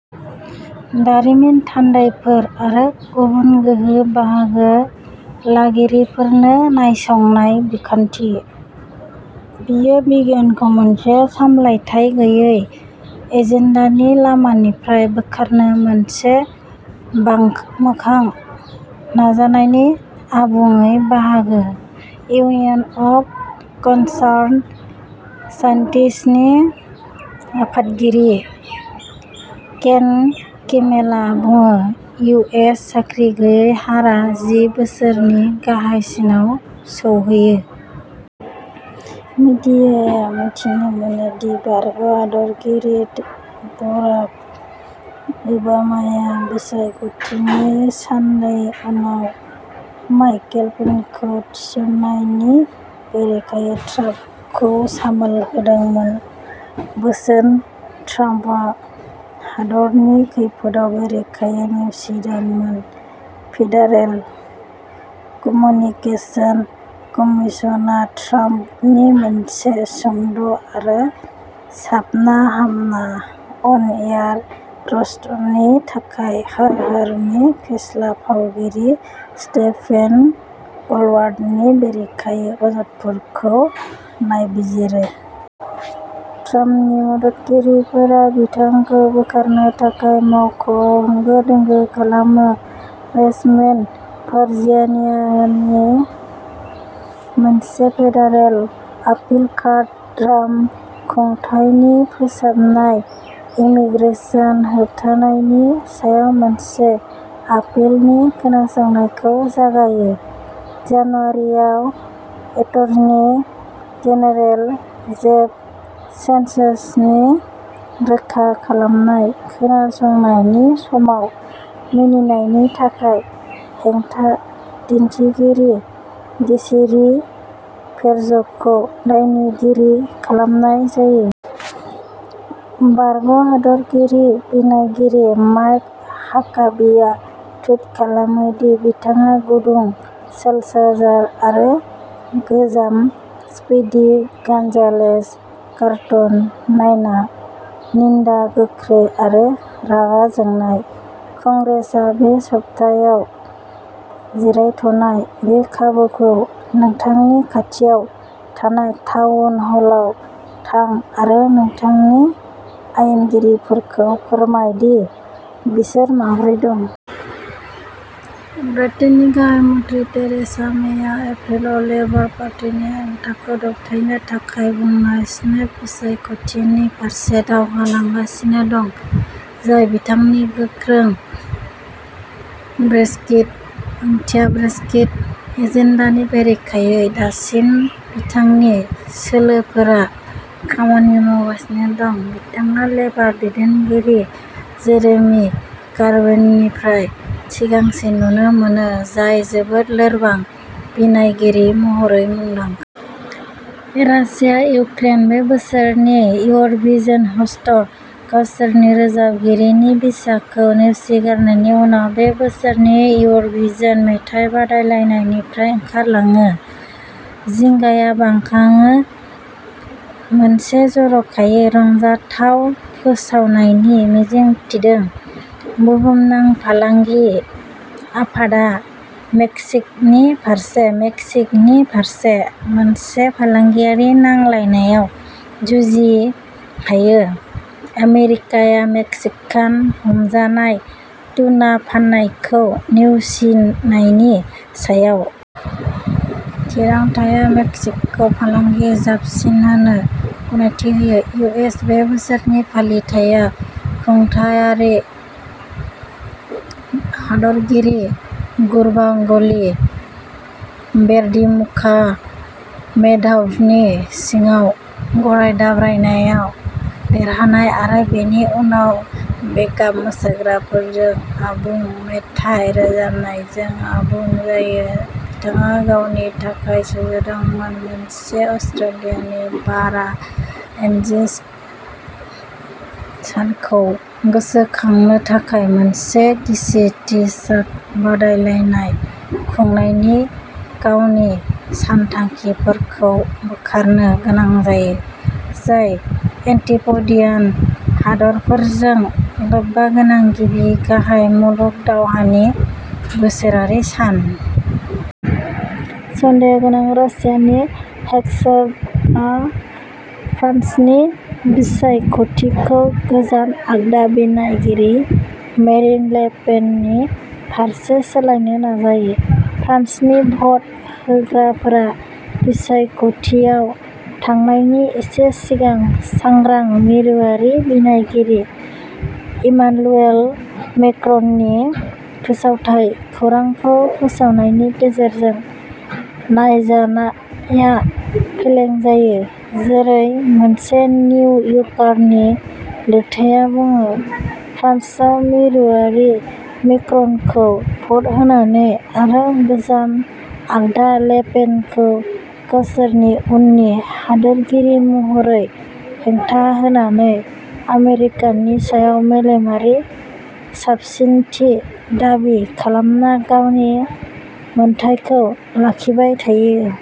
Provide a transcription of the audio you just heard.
दारिमिन थान्दैफोर आरो गुबुन गोहो बाहागो लागिरिफोरनो नायसंनाय बिखान्थि। "बेयो बिगियानखौ मोनसे सामलायथाय गैयै एजेन्डानि लामानिफ्राय बोखारनो मोनसे बांमोखां नाजानायनि आबुङै बाहागो", इउनियन अफ कनसार्नड साइन्टिस्ट्सनि आफादगिरि केन किमेलआ बुङो- इउ. एस. साख्रि गैयै हारआ जि बोसोरनि गाहायसिनाव सौहैयो। मिडियाया मिथिनो मोनो दि बारग' हादोरगिरि बाराक ओबामाया बिसायख'थिनि साननै उनाव माइकेल फ्लिनखौ थिसननायनि बेरेखायै ट्राम्पखौ सामोल होदोंमोन, बोसोन ट्राम्पआ हादोरनि खैफोदआव रोखायै नेवसिदोंमोन। फेडारेल कमुनिकेसनस कमिसनआ ट्राम्पनि मोनसे सुंद' आरो साबना-हामना अन-एयार र'स्टनि थाखाय हर-हरनि फेस्ला फावगिरि स्टेफेन कलबार्टनि बेरेखायै अजदफोरखौ नायबिजिरो। ट्राम्पनि मददगिरिफोरा बिथांखौ बोखारनो थाखाय मावख'आव होंगो-दोंगो खालामो। रिचमेन्ड, भार्जिनियानि मोनसे फेडारेल आपिल कर्टआ ट्राम्प खुंथायनि फोसाबनाय इमिग्रेशन होबथानायनि सायाव मोनसे आपिलनि खोनासंनायखौ जागायो। जानुवारियाव एटर्नी जेनेरेल जेफ सेन्सासनि रोखा खालामनाय खोनासंनायनि समाव मिनिनायनि थाखाय हेंथा दिन्थिगिरि डेसिरी फेर'जखौ दायनिगिरि खालामनाय जायो। बारग' हादोरगिरि बिनायगिरि माइक हाकाबीआ टुइट खालामो दि बिथाङा गुदुं साल्सा जार आरो "गोजाम स्पिडी गन्जालेज कार्टुन" नायनाय। निन्दा गोख्रै आरो रागा जोंनाय। कंग्रेसआ बे सप्तायाव जिरायथ'नाय। बे खाबुखौ नोंथांनि खाथियाव थानाय टाउन हलआव थां आरो नोंथांनि आयेनगिरिफोरखौ फोरमाय दि बिसोर माबोरै दं। ब्रिटेननि गाहाय मन्थ्रि थेरेसा मेया एप्रिलाव लेबार पार्टीनि हेंथाखौ दबथायनो थाखाय बुंनाय स्नेप बिसायख'थिनि फारसे दावगालांगासिनो दं, जाय बिथांनि गोख्रों "ब्रेक्सिट ओंथिया ब्रेक्सिट" एजेन्डानि बेरेखायै। दासिम, बिथांनि सोलोफोरा खामानि मावगासिनो दं, बिथाङा लेबार दैदेनगिरि जेरेमी कर्बिननिफ्राय सिगांसिन नुनो मोनो, जाय जोबोद लोरबां बिनायगिरि महरै मुंदांखा। रासिया इउक्रेन बे बोसोरनि इउर'भिजन ह'स्ट गावसोरनि रोजाबगिरिनि भिसाखौ नेवसिगारनायनि उनाव बे बोसोरनि इउर'भिजन मेथाइ बादायलायनायनिफ्राय ओंखारलाङो। जिंगाया बांखाङो, मोनसे जर'खायै रंजाथाव फोसावनायनि मिजिं थिदों। बुहुमनां फालांगि आफादआ मेक्सिक'नि फारसे मेक्सिक'नि फारसे मोनसे फालांगियारि नांलायनायाव जुजि हायो, आमेरिकाया मेक्सिकान हमजानाय टुना फाननायखौ नेवसिनायनि सायाव। थिरांथाया मेक्सिक'खौ फालांगि जाबसिनहोनो गनायथि होयो। इउ. एस. बे बोसोरनि फालिथाइया खुंथायारि हादोरगिरि गुरबांगुलि बेरदिमुखाममेदभनि सिगाङाव गराय दाब्रायनायाव देरहानाय आरो बेनि उनाव बेकआप मोसाग्राफोरजों आबुं मेथाइ रोजाबनायजों आबुं जायो-बिथाङा गावनि थाखाय सुजुदोंमोन। मोनसे अस्ट्रेलियानि बारआ एन्जेक सानखौ गोसोखांनो थाखाय मोनसे गिसि टी सार्ट बादायलायनाय खुंनायनि गावनि सानथांखिफोरखौ बोखारनो गोनां जायो, जाय एन्टीप'डियान हादोरफोरजों लोब्बागोनां गिबि गाहाय मुलुग दावहानि बोसोरारि सान। सन्देह'गोनां रासियानि हेकर्सआ फ्रान्सनि बिसायख'थिखौ गोजान-आगदा बिनायगिरि मेरिन ले पेननि फारसे सोलायनो नाजायो, फ्रान्सनि भट होग्राफोरा बिसायख'थियाव थांनायनि एसे सिगां सांग्रां मिरुआरि बिनायगिरि इमानुएल मेक्र'ननि फोसावथाय खौरांखौ फोसावनायनि गेजेरजों। नाजानाया फेलें जायो। जेरै मोनसे निउ यर्कारनि लिरथाइया बुङो, फ्रान्सआ मिरुआरि मेक्र'नखौ भ'ट होनानै आरो गोजान आगदा ले पेनखौ गावसोरनि उननि हादोरगिरि महरै हेंथा होनानै आमेरिकानि सायाव मेलेमारि साबसिनथि दाबि खालामना गावनि मोनथायखौ लाखिबाय थायो।